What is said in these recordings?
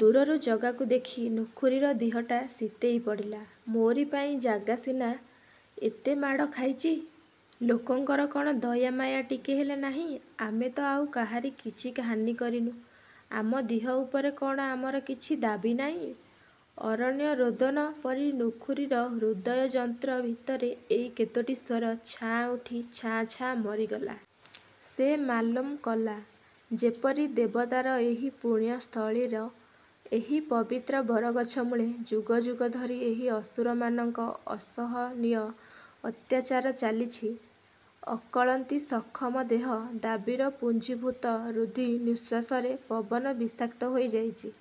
ଦୂରରୁ ଜଗାକୁ ଦେଖି ନୁଖୁରୀର ଦିହଟା ଶୀତେଇ ପଡ଼ିଲା–ମୋରି ପାଇଁ ଜାଗା ସିନା ଏତେ ମାଡ଼ ଖାଇଚି! ଲୋକଙ୍କର କଣ ଦୟାମାୟା ଟିକେ ହେଲେ ନାହିଁ–ଆମେ ତ ଆଉ କାହାରି କିଛି ହାନି କରିନୁ, ଆମ ଦିହ ଉପରେ କଣ ଆମର କିଛି ଦାବି ନାଇଁ– ଅରଣ୍ୟରୋଦନ ପରି ନୁଖୁରୀର ହୃଦୟଯନ୍ତ୍ର ଭିତରେ ଏଇ କେତୋଟି ସ୍ୱର ଛାଁ ଉଠି ଛାଁ ଛାଁ ମରିଗଲା। ସେ ମାଲୁମ କଲା, ଯେପରି ଦେବତାର ଏହି ପୁଣ୍ୟସ୍ଥଳୀର ଏହି ପବିତ୍ର ବରଗଛମୂଳେ ଯୁଗଯୁଗ ଧରି ଏହି ଅସୁରମାନଙ୍କ ଅସହନୀୟ ଅତ୍ୟାଚାର ଚାଲିଛି। ଅକଳନ୍ତି ସଖମ ଦେହ–ଦାବିର ପୁଞ୍ଜିଭୂତ ରୁଦ୍ଧି ନିଃଶ୍ୱାସରେ ପବନ ବିଷାକ୍ତ ହୋଇ ଯାଇଚି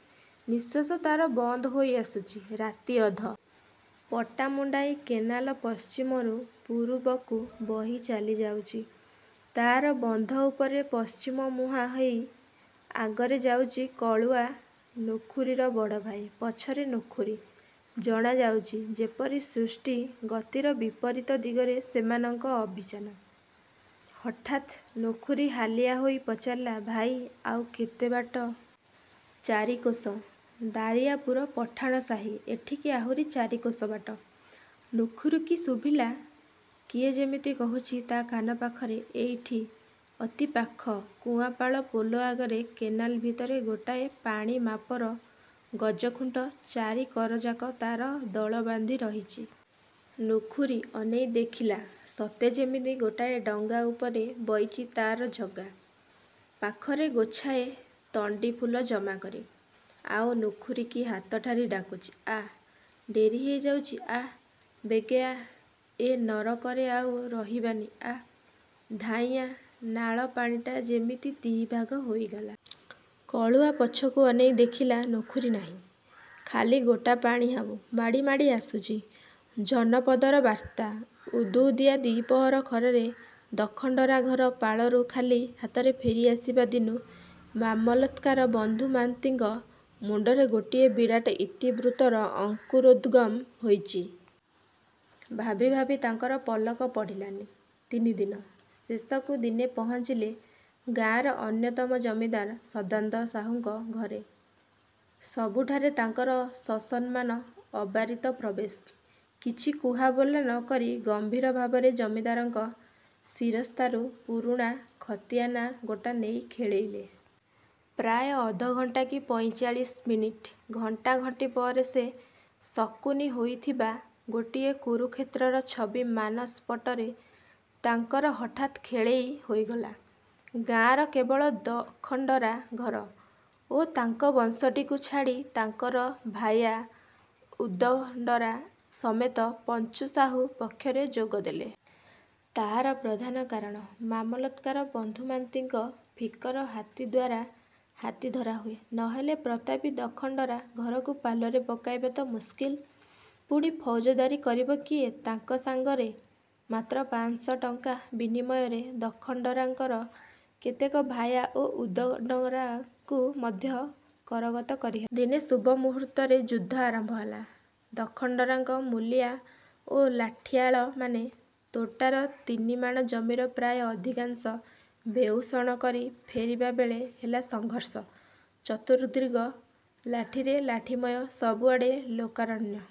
ନିଃଶ୍ୱାସ ତାର ବନ୍ଦ ହୋଇ ଆସୁଚି– ରାତି ଅଧ। ପଟାମୁଣ୍ଡାଇ କେନାଲ ପଶ୍ଚିମରୁ ପୂରୁବକୁ ବହି ଚାଲିଯାଉଚି। ତା'ର ବନ୍ଧ ଉପରେ ପଶ୍ଚିମମୁହାଁ ହେଇ ଆଗରେ ଯାଉଚି କଳୁଆ, ନୁଖୁରୀର ବଡ଼ଭାଇ, ପଛରେ ନୁଖୁରୀ। ଜଣାଯାଉଚି, ଯେପରି ସୃଷ୍ଟି–ଗତିର ବିପରୀତ ଦିଗରେ ସେମାନଙ୍କ ଆଭିଯାନ। ହଠାତ୍ ନୁଖୁରୀ ହାଲିଆ ହୋଇ ପଚାରିଲା–ଭାଇ, ଆଉ କେତେ ବାଟ–? –ଚାରିକୋଶ, ଦାରିଆ ପୁର ପଠାଣ ସାହି ଏଠିକି ଆହୁରି ଚାରିକୋଶ ବାଟ। ନୁଖୁରୀକି ଶୁଭିଲା, କିଏ ଯେମିତି କହୁଚି, ତା' କାନ ପାଖରେ,–ଏଇଠି, ଅତି ପାଖ– କୁଆଁପାଳ ପୋଲ ଆଗରେ କେନାଲ ଭିତରେ ଗୋଟାଏ ପାଣି ମାପର ଗଜଖୁଣ୍ଟ, ଚାରି କରଯାକ ତାର ଦଳବାନ୍ଧି ରହିଚି। ନୁଖୁରୀ ଅନେଇ ଦେଖିଲା ସତେ ଯେମିତି ଗୋଟାଏ ଡଙ୍ଗା ଉପରେ ବଇଚି ତାର ଜଗା, ପାଖରେ ଗୋଛାଏ ତଣ୍ଡି ଫୁଲ ଜମାକରି। ଆଉ ନୁଖୁରୀକି ହାତଠାରି ଡାକୁଚି। –ଆ, ଡେରି ହେଇ ଯାଉଚି–ଆ, ବେଗେ ଆ, ଏ ନରକରେ ଆଉ ରହିବାନି–ଆ, ଧାଇଁଆ– ନାଳ ପାଣିଟା ଯେମିତି ଦି' ଭାଗ ହୋଇଗଲା। କଳୁଆ ପଛକୁ ଅନେଇ ଦେଖିଲା ନୁଖୁରୀ ନାହିଁ। ଖାଲି ଗୋଟା ପାଣି ହାବୁ। ମାଡ଼ି ମାଡ଼ି ଆସୁଚି। ଜନପଦର ବାର୍ତ୍ତା ଉଦୁଉଦିଆ ଦିପହର ଖରାରେ ଦଖଣ୍ଡରା' ଘର ପାଳରୁ ଖାଲି ହାତରେ ଫେରି ଆସିବା ଦିନୁ ମାମଲତ୍କାର ବନ୍ଧୁ ମା'ନ୍ତିଙ୍କ ମୁଣ୍ଡରେ ଗୋଟିଏ ବିରାଟ ଇତିବୃତ୍ତର ଅଙ୍କୁରୋଦ୍ଗମ ହୋଇଚି-। ଭାବିଭାବି ତାଙ୍କର ପଲକ ପଡ଼ିଲାନି ତିନି ଦିନ। ଶେଷକୁ ଦିନେ ପହଞ୍ଚିଲେ ଗାଁର ଅନ୍ୟତମ ଜମିଦାର ସଦା'ନ୍ଦ ସାହୁଙ୍କ ଘରେ। ସବୁଠାରେ ତାଙ୍କର ସସମ୍ମାନ ଅବାରିତ ପ୍ରବେଶ। କିଛି କୁହା ବୋଲା ନ କରି ଗମ୍ଭୀର ଭାବରେ ଜମିଦାରଙ୍କ ଶିରସ୍ତାରୁ ପୁରୁଣା ଖତିଆନା ଗୋଟା ନେଇ ଖେଳେଇଲେ। ପ୍ରାୟ ଅଧ ଘଣ୍ଟା କି ପଇଁଚାଳିଶ ମିନିଟ୍ ଘଣ୍ଟାଘଣ୍ଟି ପରେ ସେ ଶକୁନି ହୋଇଥିବା ଗୋଟିଏ କୁରୁକ୍ଷେତ୍ରର ଛବି ମାନସ ପଟରେ ତାଙ୍କର ହଠାତ୍ ଖେଳେଇ ହୋଇଗଲା। ଗାଁର କେବଳ ଦଖଣ୍ଡରା' ଘର ଓ ତାଙ୍କ ବଂଶଟିକୁ ଛାଡ଼ି ତାଙ୍କର ଭାୟା ଉଦଣ୍ଡରା' ସମେତ ପଞ୍ଚୁ ସାହୁ ପକ୍ଷରେ ଯୋଗ ଦେଲେ। ତାହାର ପ୍ରଧାନ କାରଣ, ମାମଲତ୍କାର ବନ୍ଧୁ ମା'ନ୍ତିଙ୍କ ଫିକର, ହାତୀଦ୍ୱାରା ହାତୀ ଧରା ହୁଏ। ନ ହେଲେ ପ୍ରତାପୀ ଦଖଣ୍ଡରା'–ଘରକୁ ପାଲରେ ପକାଇବା ତ ମୁସ୍କିଲ୍, ପୁଣି ଫୌଜଦାରୀ କରିବ କିଏ ତାଙ୍କ ସାଙ୍ଗରେ। ମାତ୍ର ପାଁଶ'ଟଙ୍କା ବିନିମୟରେ ଦଖଣ୍ଡରା'ଙ୍କର କେତେକ ଭାୟା ଓ ଉଦଣ୍ଡରା'ଙ୍କୁ ମଧ୍ୟ କରଗତ କରିହେଲା। ଦିନେ ଶୁଭ ମୁହୂର୍ତ୍ତରେ ଯୁଦ୍ଧ ଆରମ୍ଭ ହେଲା। ଦଖଣ୍ଡରା'ଙ୍କ ମୂଲିଆ ଓ ଲାଠିଆଳମାନେ ତୋଟାର ତିନିମାଣ ଜମିର ପ୍ରାୟ ଅଧିକାଂଶ ବେଉଷଣ କରି ଫେରିବାବେଳେ, ହେଲା ସଂଘର୍ଷ। ଚତୁର୍ଦ୍ଦିଗ ଲାଠିରେ ଲାଠିମୟ। ସବୁଆଡ଼େ ଲୋକାରଣ୍ୟ,